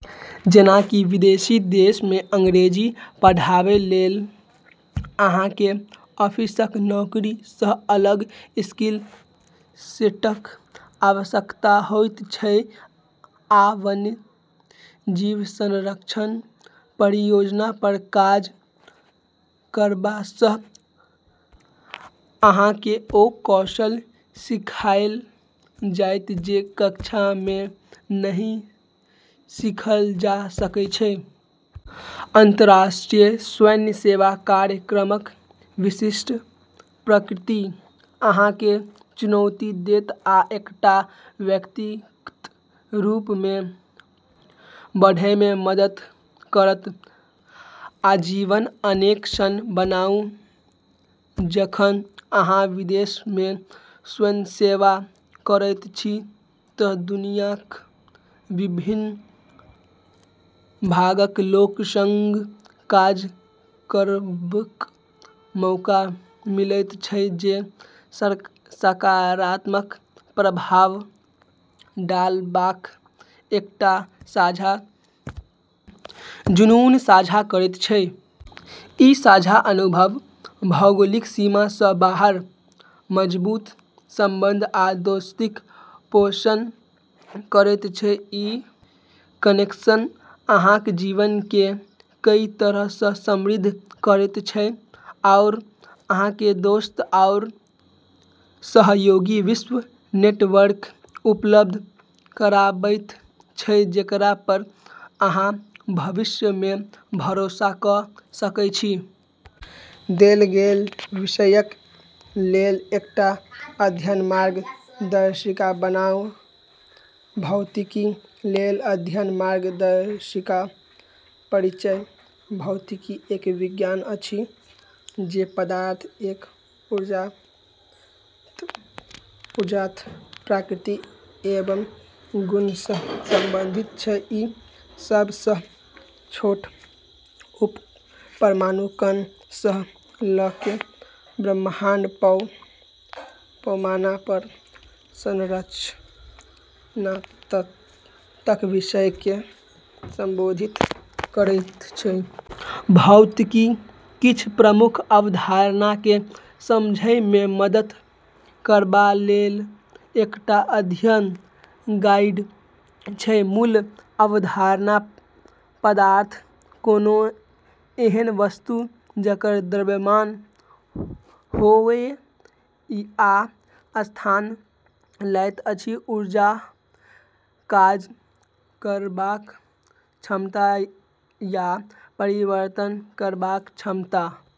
जेना कि विदेशी देश मे अंग्रेजी पढ़ाबै लेल अहाँकेँ ऑफिसक नौकरी सँ अलग स्किल सेटक आवश्यकता होइत छनि, आ वन्यजीव संरक्षण परियोजना पर काज करबा सँ अहाँकेँ ओ कौशल सिखाएल जायत जे कक्षा मे नहि सीखल जा सकैत अछि। अंतर्राष्ट्रीय स्वयंसेवा कार्यक्रमक विशिष्ट प्रकृति अहाँकेँ चुनौती देत आ एकटा व्यक्तिक रूप मे बढ़ै मे मदद करत। आजीवन कनेक्शन बनाउ जखन अहाँ विदेश मे स्वयंसेवा करैत छी तँ दुनियाक विभिन्न भागक लोकक संग काज करबाक मौका मिलैत अछि जे सकारात्मक प्रभाव डालबाक एकटा साझा जुनून साझा करैत छथि। ई साझा अनुभव भौगोलिक सीमा सँ बाहर मजबूत संबंध आ दोस्तीक पोषण करैत अछि। ई कनेक्शन अहाँक जीवनकेँ कई तरह सँ समृद्ध करैत अछि आओर अहाँकेँ दोस्त आओर सहयोगीक वैश्विक नेटवर्क उपलब्ध कराबैत अछि जेकरा पर अहाँ भविष्य मे भरोसा कऽ सकैत छी। देल गेल विषयक लेल एकटा अध्ययन मार्गदर्शिका बनाउ। भौतिकीक लेल अध्ययन मार्गदर्शिका परिचय: भौतिकी एक विज्ञान अछि जे पदार्थ एवं ऊर्जाक प्रकृति एवं गुण सँ संबंधित अछि। ई सभ सँ छोट उपपरमाणु कण सँ लऽ कऽ ब्रह्मांडक पैघ पैमाना पर संरचना तकक विषयकेँ संबोधित करैत अछि। भौतिकीक किछ प्रमुख अवधारणाकेँ समझै मे मदद करबा लेल एकटा अध्ययन गाइड अछि। मूल अवधारणा: पदार्थ: कोनो एहन वस्तु जकर द्रव्यमान होए आ स्थान लैत अछि ऊर्जा: काज करबाक क्षमता या परिवर्तन करबाक क्षमता।